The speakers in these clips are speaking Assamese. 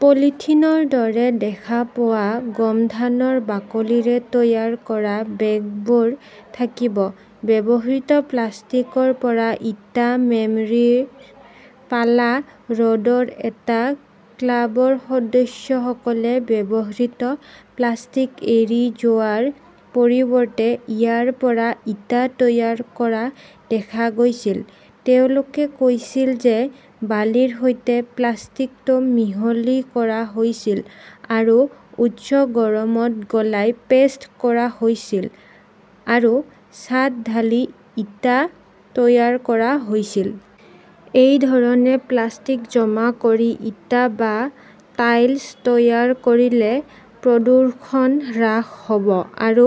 পলিথিনৰ দৰে দেখা পোৱা গোমধানৰ বাকলিৰে তৈয়াৰ কৰা বেগবোৰো থাকিব। ব্যৱহৃত প্লাষ্টিকৰ পৰা ইটা মেমৰীৰ পালা ৰোডৰ এটা ক্লাবৰ সদস্যসকলে ব্যৱহৃত প্লাষ্টিক এৰি যোৱাৰ পৰিৱৰ্তে ইয়াৰ পৰা ইটা তৈয়াৰ কৰা দেখা গৈছিল। তেওঁলোকে কৈছিল যে বালিৰ সৈতে প্লাষ্টিকটো মিহলি কৰা হৈছিল আৰু উচ্চ গৰমত গলাই পেষ্ট কৰা হৈছিল আৰু ছাঁত ঢালি ইটা তৈয়াৰ কৰা হৈছিল। এই ধৰণে প্লাষ্টিক জমা কৰি ইটা বা টাইলচ তৈয়াৰ কৰিলে প্ৰদূষণ হ্ৰাস হ'ব আৰু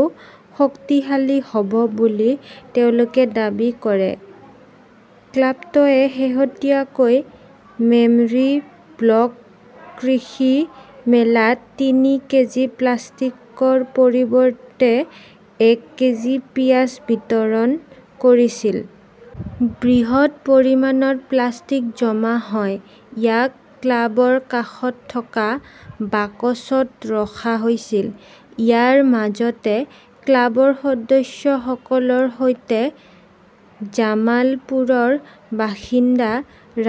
শক্তিশালী হ'ব বুলি তেওঁলোকে দাবী কৰে। ক্লাবটোৱে শেহতীয়াকৈ মেমৰী ব্লক কৃষি মেলাত তিনি কেজি প্লাষ্টিকৰ পৰিৱৰ্তে এক কেজি পিয়াজ বিতৰণ কৰিছিল। বৃহৎ পৰিমাণৰ প্লাষ্টিক জমা হয় ইয়াক ক্লাবৰ কাষত থকা বাকচত ৰখা হৈছিল। ইয়াৰ মাজতে ক্লাবৰ সদস্যসকলৰ সৈতে জামালপুৰৰ বাসিন্দা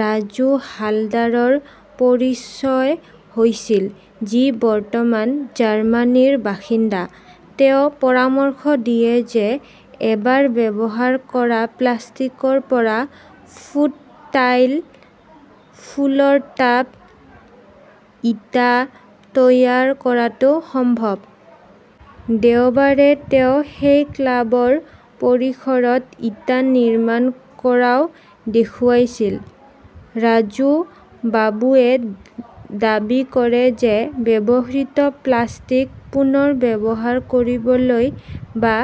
ৰাজু হালদাৰৰ পৰিচয় হৈছিল, যি বৰ্তমান জাৰ্মানীৰ বাসিন্দা। তেওঁ পৰামৰ্শ দিয়ে যে এবাৰ ব্যৱহাৰ কৰা প্লাষ্টিকৰ পৰা ফুট টাইল, ফুলৰ টব, ইটা তৈয়াৰ কৰাটো সম্ভৱ। দেওবাৰে তেওঁ সেই ক্লাবৰ পৰিসৰত ইটা নিৰ্মাণ কৰাও দেখুৱাইছিল। ৰাজুবাবুৱে দাবী কৰে যে ব্যৱহৃত প্লাষ্টিক পুনৰ ব্যৱহাৰ কৰিবলৈ বা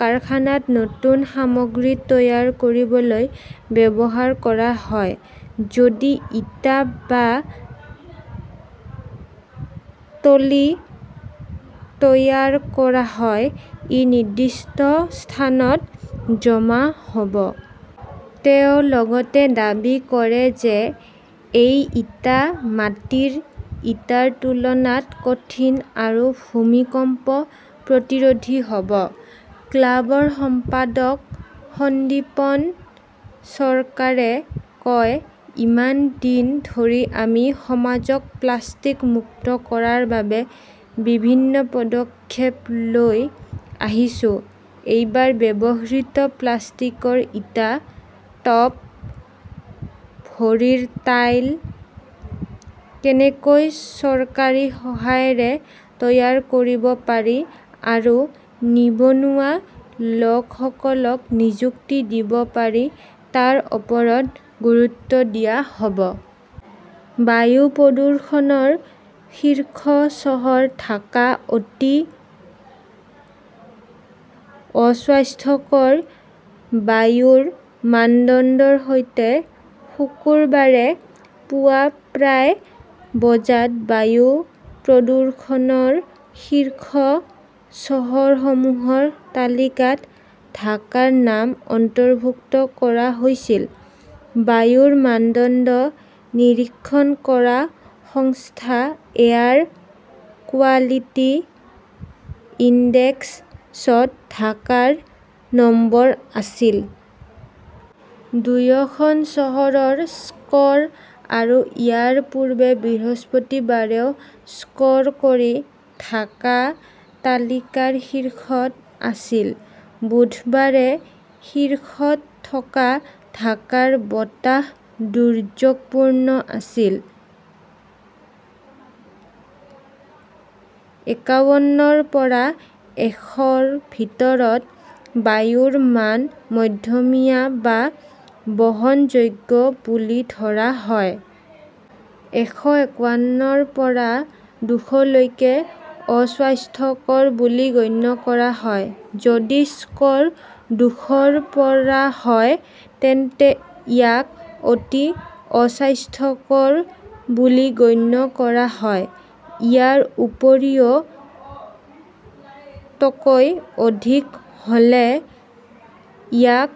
কাৰখানাত নতুন সামগ্ৰী তৈয়াৰ কৰিবলৈ ব্যৱহাৰ কৰা হয়। যদি ইটা বা টলি তৈয়াৰ কৰা হয় ,ই নিৰ্দিষ্ট স্থানত জমা হ 'ব। তেওঁ লগতে দাবী কৰে যে এই ইটা মাটিৰ ইটাৰ তুলনাত কঠিন আৰু ভূমিকম্প প্ৰতিৰোধী হ'ব। ক্লাবৰ সম্পাদক সন্দীপন চৰকাৰে কয়, ইমান দিন ধৰি আমি সমাজক প্লাষ্টিক মুক্ত কৰাৰ বাবে বিভিন্ন পদক্ষেপ লৈ আহিছোঁ এইবাৰ ব্যৱহৃত প্লাষ্টিকৰ ইটা, টব, ভৰিৰ টাইল কেনেকৈ চৰকাৰী সহায়ৰে তৈয়াৰ কৰিব পাৰি আৰু নিবনুৱা লোকসকলক নিযুক্তি দিব পাৰি তাৰ ওপৰত গুৰুত্ব দিয়া হ'ব। বায়ু প্ৰদূষণৰ শীৰ্ষ চহৰ ঢাকা অতি অস্বাস্থ্যকৰ বায়ুৰ মানদণ্ডৰ সৈতে শুকুৰবাৰে পুৱা প্ৰায় বজাত বায়ু প্ৰদূষণৰ শীৰ্ষ চহৰসমূহৰ তালিকাত ঢাকাৰ নাম অন্তৰ্ভুক্ত কৰা হৈছিল। বায়ুৰ মানদণ্ড নিৰীক্ষণ কৰা সংস্থা এয়াৰ কোৱালিটি ইনডেক্স ত ঢাকাৰ নম্বৰ আছিল। দুয়োখন চহৰৰ স্কৰ আৰু ইয়াৰ পূৰ্বে বৃহস্পতিবাৰেও স্কৰ কৰি ঢাকা তালিকাৰ শীৰ্ষত আছিল। বুধবাৰে শীৰ্ষত থকা ঢাকাৰ বতাহ দুৰ্যোগপূৰ্ণ আছিল। একাৱন্নৰ পৰা এশ ৰ ভিতৰত বায়ুৰ মান মধ্যমীয়া বা বহনযোগ্য বুলি ধৰা হয়। এশ একাৱন্নৰ পৰা দুশ লৈকে অস্বাস্থ্যকৰ বুলি গণ্য কৰা হয়। যদি স্কৰ দুশ ৰ পৰা হয় তেন্তে ইয়াক অতি অস্বাস্থ্যকৰ বুলি গণ্য কৰা হয়। ইয়াৰ উপৰিও তকৈ অধিক হ'লে ইয়াক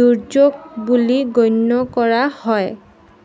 দুৰ্যোগ বুলি গণ্য কৰা হয়।